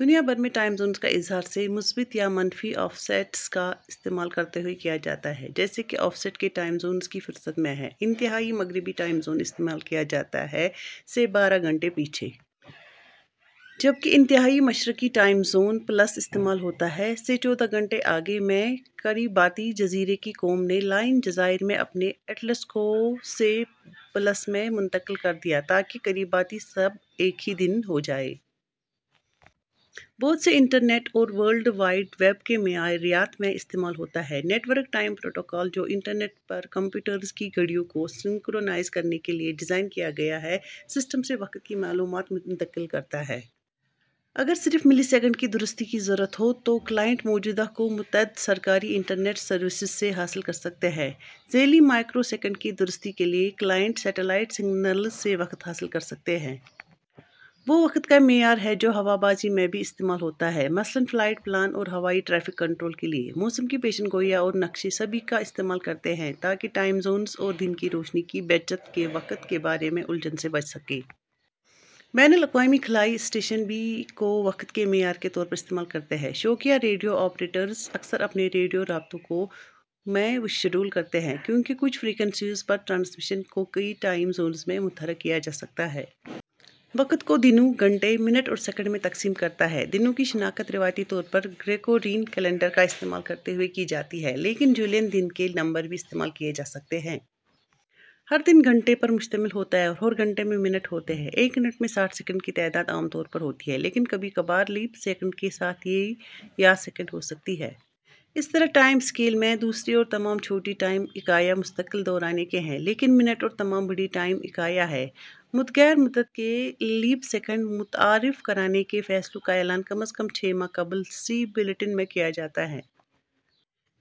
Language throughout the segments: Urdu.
دنیا بھر میں ٹائم زونز کا اظہار سے مثبت یا منفی آفسیٹس کا استعمال کرتے ہوئے کیا جاتا ہے، جیسا کہ آفسیٹ کے ٹائم زونز کی فہرست میں ہے ۔ انتہائی مغربی ٹائم زون استعمال کیا جاتا ہے، سے بارہ گھنٹے پیچھے۔ جب کہ انتہائی مشرقی ٹائم زون + استعمال ہوتا ہے، سے چودہ گھنٹے آگے۔ میں، کریباتی جزیرے کی قوم نے لائن جزائر میں اپنے اٹلس کو سے + میں منتقل کر دیا تاکہ کریباتی سب ایک ہی دن ہو جائیں۔ بہت سے انٹرنیٹ اور ورلڈ وائڈ ویب کے معیارات میں استعمال ہوتا ہے۔ نیٹ ورک ٹائم پروٹوکول ، جو انٹرنیٹ پر کمپیوٹرز کی گھڑیوں کو سنکرونائز کرنے کے لیے ڈیزائن کیا گیا ہے، سسٹم سے وقت کی معلومات منتقل کرتا ہے۔ اگر صرف ملی سیکنڈ کی درستی کی ضرورت ہو، تو کلائنٹ موجودہ کو متعدد سرکاری انٹرنیٹ سرورز سے حاصل کر سکتے ہیں۔ ذیلی مائیکرو سیکنڈ کی درستی کے لیے، کلائنٹ سیٹلائٹ سگنلز سے وقت حاصل کر سکتے ہیں۔ وہ وقت کا معیار ہے جو ہوا بازی میں بھی استعمال ہوتا ہے، مثلاً فلائٹ پلان اور ہوائی ٹریفک کنٹرول کے لیے۔ موسم کی پیشن گوئیاں اور نقشے سبھی کا استعمال کرتے ہیں تاکہ ٹائم زونز اور دن کی روشنی کی بچت کے وقت کے بارے میں الجھن سے بچ سکیں۔ بین الاقوامی خلائی اسٹیشن بھی کو وقت کے معیار کے طور پر استعمال کرتے ہیں۔ شوقیہ ریڈیو آپریٹرز اکثر اپنے ریڈیو رابطوں کو میں شیڈول کرتے ہیں، کیونکہ کچھ فریکوئنسیوں پر ٹرانسمیشن کو کئی ٹائم زونز میں متحرک کیا جا سکتا ہے۔ وقت کو دنوں، گھنٹے، منٹ اور سیکنڈ میں تقسیم کرتا ہے۔ دنوں کی شناخت روایتی طور پر گریگورین کیلنڈر کا استعمال کرتے ہوئے کی جاتی ہے، لیکن جولین دن کے نمبر بھی استعمال کیے جا سکتے ہیں۔ ہر دن گھنٹے پر مشتمل ہوتا ہے اور ہر گھنٹے میں منٹ ہوتے ہیں۔ ایک منٹ میں سیکنڈز کی تعداد عام طور پر ہوتی ہے، لیکن کبھی کبھار لیپ سیکنڈ کے ساتھ، یہ یا سیکنڈ ہو سکتی ہے۔ اس طرح، ٹائم اسکیل میں، دوسری اور تمام چھوٹی ٹائم اکائیاں مستقل دورانیے کی ہیں، لیکن منٹ اور تمام بڑی ٹائم اکائیاں ہیں۔ متغیر مدت کے. لیپ سیکنڈ متعارف کرانے کے فیصلوں کا اعلان کم از کم چھ ماہ قبل "سی بلیٹن" میں کیا جاتا ہے۔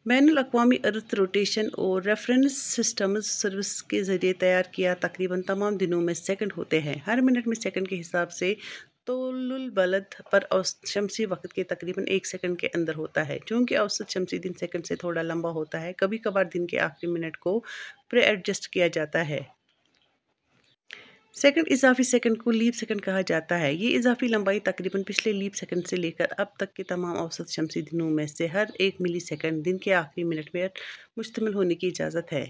بین الاقوامی earth rotation and reference systems service کے ذریعہ تیار کیا تقریباً تمام دنوں میں سیکنڈ ہوتے ہیں۔ ہر منٹ میں سیکنڈ کے حساب سے. طول البلد پر اوسط شمسی وقت کے تقریباً ایک سیکنڈ کے اندر ہوتا ہے، چونکہ اوسط شمسی دن سیکنڈ سے تھوڑا لمبا ہوتا ہے، کبھی کبھار دن کے آخری منٹ کو پر ایڈجسٹ کیا جاتا ہے۔ سیکنڈ اضافی سیکنڈ کو لیپ سیکنڈ کہا جاتا ہے۔ یہ اضافی لمبائی تقریبا پچھلے لیپ سیکنڈ سے لے کر اب تک کے تمام اوسط شمسی دنوں میں سے ہر ایک ملی سیکنڈ۔ دن کے آخری منٹ میں پر مشتمل ہونے کی اجازت ہے۔